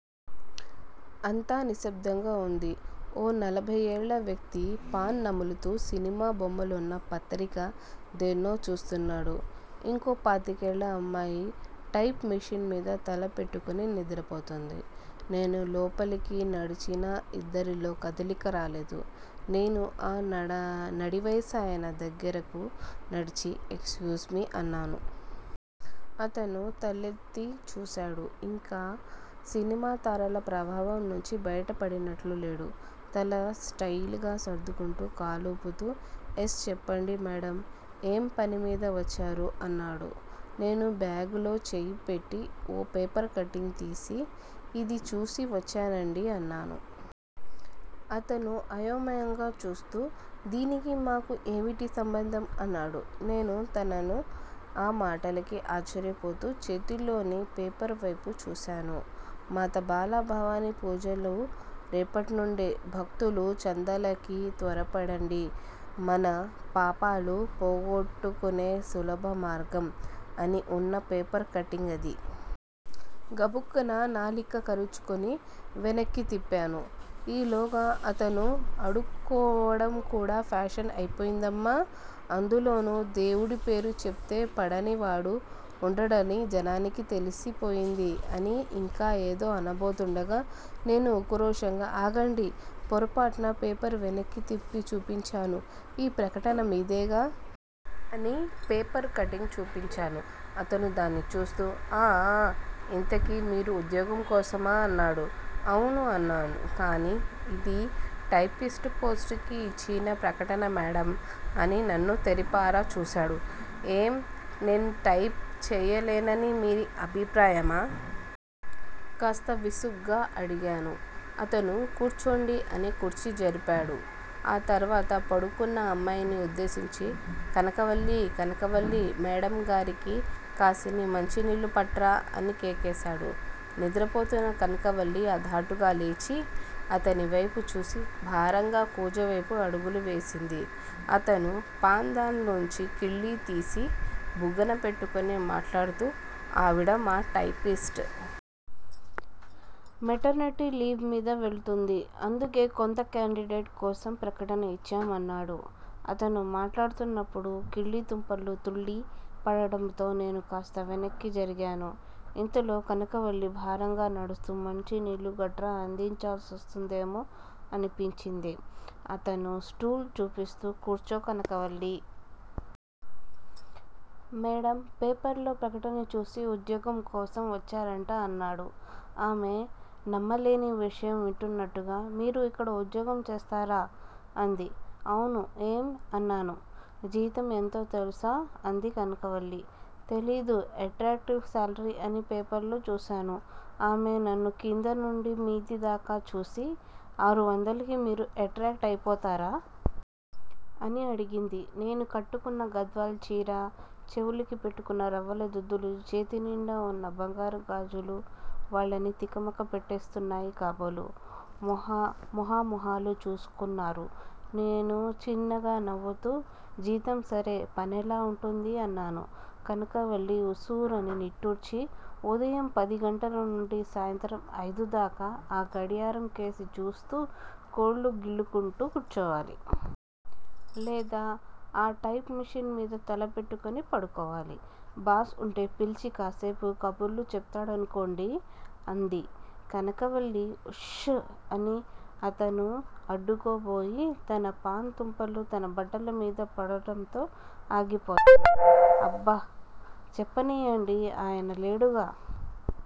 అంతా నిశ్శబ్దంగా వుంది. ఓ నలభై ఏళ్ళ వ్యక్తి పాన్ నములుతూ సినిమా బొమ్మలున్న పత్రిక దేన్నో చూస్తున్నాడు. ఇంకొక పాతికేళ్ళ అమ్మాయి టైప్ మిషన్ మీద తల పెట్టుకుని నిద్రపోతోంది. నేను లోపలికి నడిచినా ఇద్దరిలో కదలిక రాలేదు. నేను ఆ నడివయసాయన దగ్గరకు నడిచి- ఎక్యూజ్ మీ అన్నాను. అతను తలెత్తి చూశాడు. ఇంకా ఆ సినిమా తారల ప్రభావంలోంచి బయటపడినట్లు లేడు! తల స్టయిల్ గా సర్దుకుంటూ, కాలూపుతూ- ఎస్ చెప్పండి మేడమ్! ఏం పనిమీద వచ్చారూ? అన్నాడు. నేను బ్యాగ్ లో చెయ్యి పెట్టి ఓ పేపర్ కట్టింగ్ తీసి- ఇది చూసి వచ్చానండీ అన్నాను. అతను అయోమయంగా చూస్తూ- దీనికి మాకూ ఏవిటి సంబంధం? అన్నాడు. నేను తనన్న ఆ మాటలకి ఆశ్చర్యపోతూ చేతిలోని పేపర్ వైపు చూశాను. 'మాత బాల భవానీ పూజలు రేపట్నుండే, భక్తులు చందాలకి త్వరపడండి మన పాపాలు పోగొట్టుకునే సులభ మార్గం! ' అని వున్న పేపర్ కట్టింగ్ అది! గబుక్కున నాలిక కరుచుకుని వెనక్కి తిప్పాను. ఈలోగా అతను- అడుక్కోవడం కూడా ఫ్యాషన్ అయిపోయిందమ్మా! అందులోనూ దేవుడి పేరు చెప్తే పడని వాడు వుండడని జానానికి తెలిసి పోయింది అని ఇంకా ఏదో అనబోతుండగా- నేను ఉక్రోషంగా ఆగండి పోరపోట్న పేపర్ వెనక్కి తిప్పి చూపించాను ఈ ప్రకటన మీదేగా! అని పేపర్ కట్టింగ్ చూపించాను. అతను దాన్ని చూస్తూ- ఆఁ ఆఁ! ఇంతకీ మీరు ఉద్యోగం కోసమా? అన్నాడు. ఔను అన్నాను. కానీ ఇది టై పిస్ట్ పోస్ట్ కి ఇచ్చిన ప్రకటన మేడమ్ అని నన్ను తేరిపార జూశాడు. ఏం, నేను టైప్ చెయ్యలేననిమీ అభిప్రాయమా? కాస్త విసుగ్గా అడిగాను. అతను కూర్చోండి అని కుర్చీ జరిపాడు ఆ తర్వాత పడుకున్న అమ్మాయిని ఉద్దేశించి- కనక వల్లీ కనకవల్లీ మేడమ్గారికి కాసిని మంచినీళ్ళు పట్రా! అని కేకేశాడు. నిద్రపోతున్న కనకవల్లీ అదాటుగా లేచి, అతనివైపు చూసి, భారంగా కూజావైపు అడుగులు వేసింది. అతను పాన్ దాన్ లోంచి కిళ్లీ తీసి బుగ్గన పెట్టుకుని మాట్లాడ్తూ- ఆవిడ మా టై పిస్ట్! మెటర్నిటి లీవ్ మీద వెళ్తోంది. అందుకే కొత్త కేండిడేట్ కోసం ప్రకటన ఇచ్చాం అన్నాడు. అతను మాట్లాడ్తున్నప్పుడు కిళ్లీ తుంపరలు తుళ్ళి పడటంతో నేను కాస్త వెనక్కి జరిగాను. ఇంతలో కనకవల్లి భారంగా నడుస్తూ మంచి నీళ్ళూ గట్రా అందించాల్సోస్తుందేమో అనిపించింది. అతను స్టూలు చూపిస్తూ- కూర్చో కనకవల్లి! మేడమ్ పేపర్లో ప్రకటన చూసి ఉద్యోగం కోసం వచ్చారట అన్నాడు. ఆమె నమ్మలేని విషయం వింటున్నట్లుగా- మీరు ఇక్కడ ఉద్యోగం చేస్తారా? అంది. ఔనూ ఏం? అన్నాను. జీతం ఎంతో తెలుసా? అంది కనకవల్లి. తెలీదు ఎట్రాక్టివ్ శాలరీ అని పేపర్లో చూశాను ఆమె నన్ను క్రింద నుండి మీది దాకా చూసి, ఆరువందలకి మీరు ఎట్రాక్ట్ అయిపోతారా? అని అడిగింది. నేను కట్టుకున్న గద్వాలచీరా, చెవులకి పెట్టుకున్న రవ్వల దుద్దులూ, చేతినిండా వున్న బంగారు గాజులూ వాళ్ళని తికనుక పెట్టెస్తున్నాయి కాబోలు! మొహ మొహాలు చూసుకున్నారు. నేను చిన్నగా నవ్వుతూ- జీతం సరే! పనెలా వుంటుంది? అన్నాను. కనకవల్లి ఉస్సూరని నిట్టూర్చి- ఉదయం పదిగంటల నుండి సాయంత్రం ఐదు దాకా ఆ గడియారం కేసి చూస్తూ గోళ్ళు గిల్లుకుంటూ కూర్చోవాలి! లేదా ఆ టైప్ మిషన్ మీద తల పెట్టుకుని పడుకోవాలి! బాస్ వుంటే పిలిచి కాసేపు కబుర్లు చెప్తాడనుకొండీ అంది. కనకవల్లీ ఉష్ ష్ అని అతను అడ్డుకో బోయి, తన పాన్ తుంపర్లు తన బట్టలమీదే పడటంతో ఆగిపోయాడు. అబ్బా చెప్పనీయండీ ఆయన లేడుగా